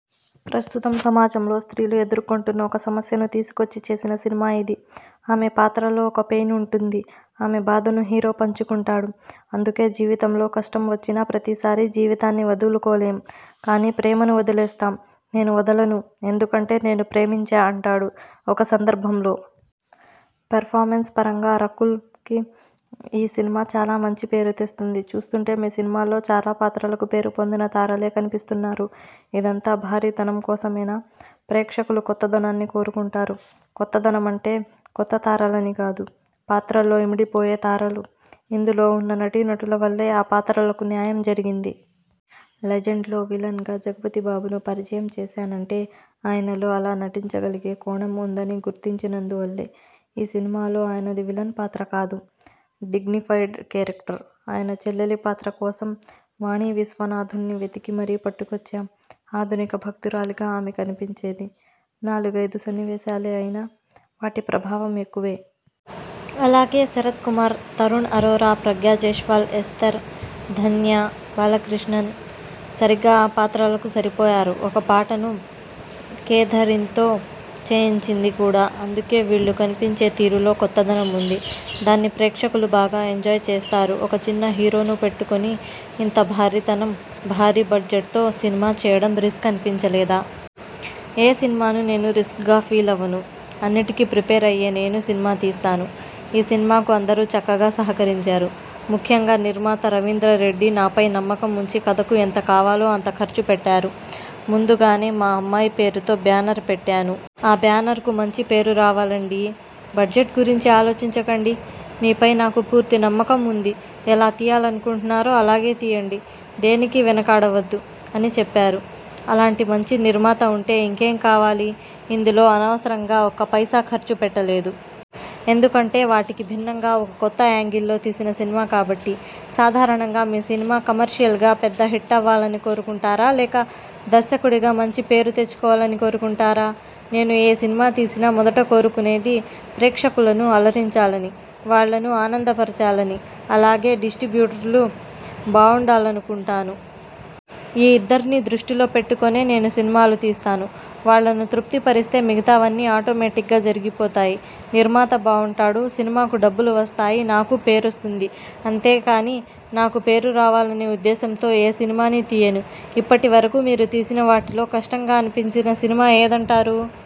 ప్రస్తుతం సమాజంలో స్త్రీలు ఎదుర్కొంటున్న ఒక సమస్యను తీసుకొని చేసిన సినిమా ఇది. ఆమె పాత్రలో ఒక పెయిన్ ఉంటుంది. ఆమె బాధను హీరో పంచుకుంటాడు. అందుకే ''జీవితంలో కష్టం వచ్చిన ప్రతిసారీ జీవితాన్ని వదులుకోలేం. కానీ ప్రేమను వదిలేస్తాం. నేను వదలను. ఎందుకంటే నేను ప్రేమించా'' అంటాడు ఒక సందర్భంలో. పెర్ఫార్మెన్స్ పరంగా రకుల్కు ఈ సినిమా చాలా మంచి పేరు తెస్తుంది. చూస్తుంటే మీ సినిమాలో చాలా పాత్రలకు పేరుపొందిన తారలే కనిపిస్తున్నారు. ఇదంతా భారీతనం కోసమేనా? ప్రేక్షకులు కొత్తదనాన్ని కోరుకుంటారు. కొత్తదనమంటే కొత్తతారలని కాదు. పాత్రల్లో ఇమిడిపోయే తారలు. ఇందులో ఉన్న నటీనటుల వల్లే ఆ పాత్రలకు న్యాయం జరిగింది. 'లెజెండ్'లో విలన్గా జగపతిబాబును పరిచయం చేశానంటే ఆయనలో అలా నటించగలిగే కోణం ఉందని గుర్తించినందు వల్లే. ఈ సినిమాలో ఆయనది విలన్ పాత్ర కాదు. Dignified character. ఆయన చెల్లెలి పాత్ర కోసం వాణీ విశ్వనాథ్ను వెతికి మరీ పట్టుకొచ్చాం. ఆధునిక భక్తురాలిగా ఆమె కనిపించేది నాలుగైదు సన్నివేశాలే అయినా, వాటి ప్రభావం ఎక్కువే. అలాగే శరత్కుమార్, తరుణ్ అరోరా, ప్రగ్యా జైస్వాల్, ఎస్తేర్, ధన్య బాలకృష్ణన్ సరిగ్గా ఆ పాత్రలకు సరిపోయారు. ఒక పాటను కేథరిన్తో చేయించింది కూడా అందుకే. వీళ్లు కనిపించే తీరులో కొత్తదనం ఉంది. దాన్ని ప్రేక్షకులు బాగా ఎంజాయ్ చేస్తారు. ఒక చిన్న హీరోను పెట్టుకొని ఇంత భారీతనం, భారీ బడ్జెట్తో సినిమా చేయడం రిస్క్ అనిపించలేదా? ఏ సినిమానూ నేను రిస్క్గా ఫీలవను. అన్నింటికీ ప్రిపేర్ అయ్యే నేను సినిమా తీస్తాను. ఈ సినిమాకు అందరూ చక్కగా సహకరించారు. ముఖ్యంగా నిర్మాత రవీందర్రెడ్డి నాపై నమ్మకం ఉంచి కథకు ఎంత కావాలో అంత ఖర్చు పెట్టారు. ముందుగానే 'మా అమ్మాయి పేరుతో బ్యానర్ పెట్టాను. ఆ బ్యానర్కు మంచి పేరు రావాలండీ. బడ్జెట్ గురించి ఆలోచించకండి. మీపై నాకు పూర్తి నమ్మకం ఉంది. ఎలా తీయాలనుకుంటున్నారో అలాగే తీయండి. దేనికీ వెనుకాడవద్దు' అని చెప్పారు. అలాంటి మంచి నిర్మాత ఉంటే ఇంకేం కావాలి! ఇందులో అనవసరంగా ఒక్క పైసా ఖర్చు పెట్టలేదు. ఎందుకంటే వాటికి భిన్నంగా ఒక కొత్త యాంగిల్లో తీసిన సినిమా కాబట్టి. సాధారణంగా మీ సినిమా కమర్షియల్గా పెద్ద హిట్టవ్వాలని కోరుకుంటారా? లేక దర్శకుడిగా మంచి పేరు తెచ్చుకోవాలని కోరుకుంటారా? నేను ఏ సినిమా తీసినా మొదట కోరుకునేది ప్రేక్షకులను అలరించాలనీ, వాళ్లను ఆనందపరచాలనీ. అలాగే డిస్ట్రిబ్యూటర్లు బావుండాలనుకుంటాను. ఈ ఇద్దర్నీ దృష్టిలో పెట్టుకొనే నేను సినిమాలు తీస్తాను. వాళ్లను తృప్తిపరిస్తే మిగతావన్నీ ఆటోమేటిగ్గా జరిగిపోతాయి. నిర్మాత బాగుంటాడు, సినిమాకు డబ్బులు వస్తాయి, నాకూ పేరొస్తుంది. అంతేకానీ, నాకు పేరు రావాలనే ఉద్దేశంతో ఏ సినిమానీ తీయను. ఇప్పటివరకూ మీరు తీసిన వాటిలో కష్టంగా అనిపించిన సినిమా ఏదంటారు?